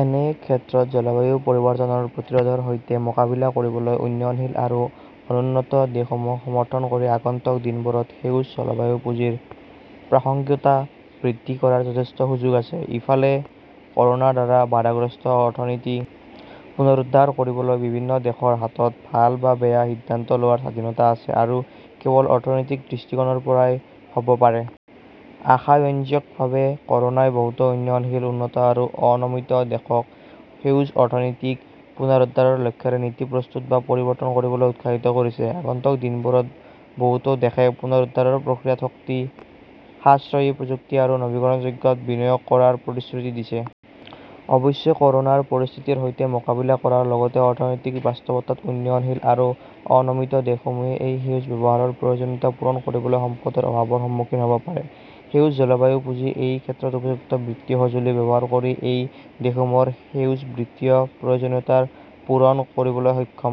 এনে ক্ষেত্ৰত জলবায়ু পৰিৱৰ্তনৰ প্ৰতিৰোধৰ সৈতে মোকাবিলা কৰিবলৈ উন্নয়নশীল আৰু অনুন্নত দেশসমূহক সমৰ্থন কৰি আগন্তুক দিনবোৰত সেউজ জলবায়ু পুঁজিৰ প্ৰাসংগিকতা বৃদ্ধি কৰাৰ যথেষ্ট সুযোগ আছে। ইফালে, ক "ৰোনাৰ দ্বাৰা বাধাগ্ৰস্ত অৰ্থনীতি পুনৰুদ্ধাৰ কৰিবলৈ বিভিন্ন দেশৰ হাতত ভাল বা বেয়া সিদ্ধান্ত লোৱাৰ স্বাধীনতা আছে আৰু কেৱল অৰ্থনৈতিক দৃষ্টিকোণৰ পৰাই হ" ব পাৰে। আশাব্যঞ্জকভাৱে, ক "ৰোনাই বহুতো উন্নয়নশীল, উন্নত আৰু অৱনমিত দেশক সেউজ অৰ্থনৈতিক পুনৰুদ্ধাৰৰ লক্ষ্যৰে নীতি প্ৰস্তুত বা পৰিৱৰ্তন কৰিবলৈ উৎসাহিত কৰিছে। আগন্তুক দিনবোৰত, বহুতো দেশে পুনৰুদ্ধাৰৰ প্ৰক্ৰিয়াত শক্তি-সাশ্ৰয়ী প্ৰযুক্তি আৰু নৱীকৰণযোগ্যত বিনিয়োগ কৰাৰ প্ৰতিশ্ৰুতি দিছে। অৱশ্যে, ক "ৰোনাৰ পৰিস্থিতিৰ সৈতে মোকাবিলা কৰাৰ লগতে অৰ্থনৈতিক বাস্তৱতাত, উন্নয়নশীল আৰু অৱনমিত দেশসমূহে এই সেউজ ব্যৱহাৰৰ প্ৰয়োজনীয়তা পূৰণ কৰিবলৈ সম্পদৰ অভাৱৰ সন্মুখীন হ" ব পাৰে। সেউজ জলবায়ু পুঁজি এই ক্ষেত্ৰত উপযুক্ত বিত্তীয় সঁজুলি ব্যৱহাৰ কৰি এই দেশসমূহৰ সেউজ বিত্তীয় প্ৰয়োজনীয়তা পূৰণ কৰিবলৈ সক্ষম।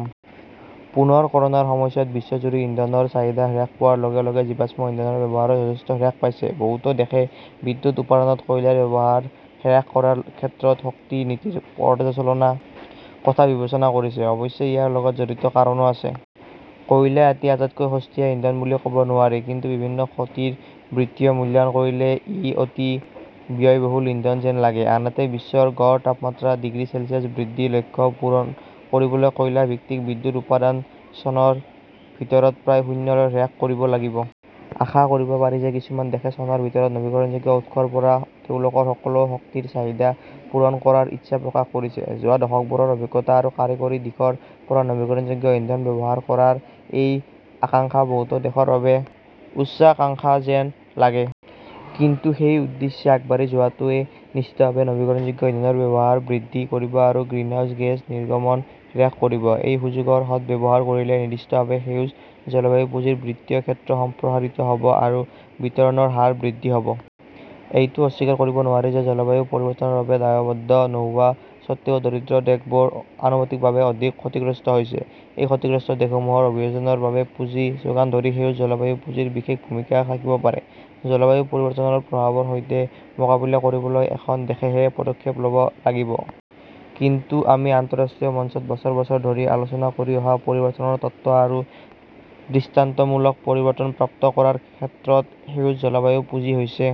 পুনৰ ক "ৰোনাৰ সময়ছোৱাত বিশ্বজুৰি ইন্ধনৰ চাহিদা হ্ৰাস পোৱাৰ লগে লগে জীৱাশ্ম ইন্ধনৰ ব্যৱহাৰ যথেষ্ট হ্ৰাস পাইছে। বহুতো দেশে বিদ্যুৎ উৎপাদনত কয়লাৰ ব্যৱহাৰ হ্ৰাস কৰাৰ ক্ষেত্ৰত শক্তি নীতিৰ পৰ্যালোচনাৰ কথা বিবেচনা কৰিছে। অৱশ্যে ইয়াৰ লগত জড়িত কাৰণো আছে। কয়লা এতিয়া আটাইতকৈ সস্তীয়া ইন্ধন বুলি ক "ব নোৱাৰি, কিন্তু বিভিন্ন ক্ষতিৰ বিত্তীয় মূল্যায়ন কৰিলে ই অতি ব্যয়বহুল ইন্ধন যেন লাগে। আনহাতে, বিশ্বৰ গড় তাপমাত্ৰা ডিগ্ৰী চেলছিয়াছ বৃদ্ধিৰ লক্ষ্য পূৰণ কৰিবলৈ কয়লা ভিত্তিক বিদ্যুৎ উৎপাদন চনৰ ভিতৰত প্ৰায় শূন্যলৈ হ্ৰাস কৰিব লাগিব। আশা কৰিব পাৰি যে কিছুমান দেশে চনৰ ভিতৰত নৱীকৰণযোগ্য উৎসৰ পৰা তেওঁলোকৰ সকলো শক্তিৰ চাহিদা পূৰণ কৰাৰ ইচ্ছা প্ৰকাশ কৰিছে। যোৱা দশকবোৰৰ অভিজ্ঞতা আৰু কাৰিকৰী দিশৰ পৰা নৱীকৰণযোগ্য ইন্ধন ব্যৱহাৰ কৰাৰ এই আকাংক্ষা বহুতো দেশৰ বাবে উচ্চাকাংক্ষা যেন লাগে। কিন্তু সেই উদ্দেশ্যে আগবাঢ়ি যোৱাটোৱে নিশ্চিতভাৱে নৱীকৰণযোগ্য ইন্ধনৰ ব্যৱহাৰ বৃদ্ধি কৰিব আৰু গ্ৰিনহাউজ গেছ নিৰ্গমন হ্ৰাস কৰিব। এই সুযোগৰ সদ্ব্যৱহাৰ কৰিলে নিৰ্দিষ্টভাৱে সেউজ জলবায়ু পুঁজিৰ বিত্তীয় ক্ষেত্ৰ সম্প্ৰসাৰিত হ "ব আৰু বিতৰণৰ হাৰ বৃদ্ধি হ" ব। এইটো অস্বীকাৰ কৰিব নোৱাৰি যে জলবায়ু পৰিৱৰ্তনৰ বাবে দায়বদ্ধ নোহোৱা স্বত্বেও দৰিদ্ৰ দেশবোৰ আনুপাতিকভাৱে অধিক ক্ষতিগ্ৰস্ত হৈছে। এই ক্ষতিগ্ৰস্ত দেশসমূহৰ অভিযোজনৰ বাবে পুঁজি যোগান ধৰি সেউজ জলবায়ু পুঁজিৰ বিশেষ ভূমিকা থাকিব পাৰে। জলবায়ু পৰিৱৰ্তনৰ প্ৰভাৱৰ সৈতে মোকাবিলা কৰিবলৈ এখন দেশেহে পদক্ষেপ ল "ব লাগিব। কিন্তু আমি আন্তঃৰাষ্ট্ৰীয় মঞ্চত বছৰ বছৰ ধৰি আলোচনা কৰি অহা পৰিৱৰ্তনৰ তত্ত্ব আৰু দৃষ্টান্তমূলক পৰিৱৰ্তন প্ৰাপ্ত কৰাৰ ক্ষেত্ৰত সেউজ জলবায়ু পুঁজি হৈছে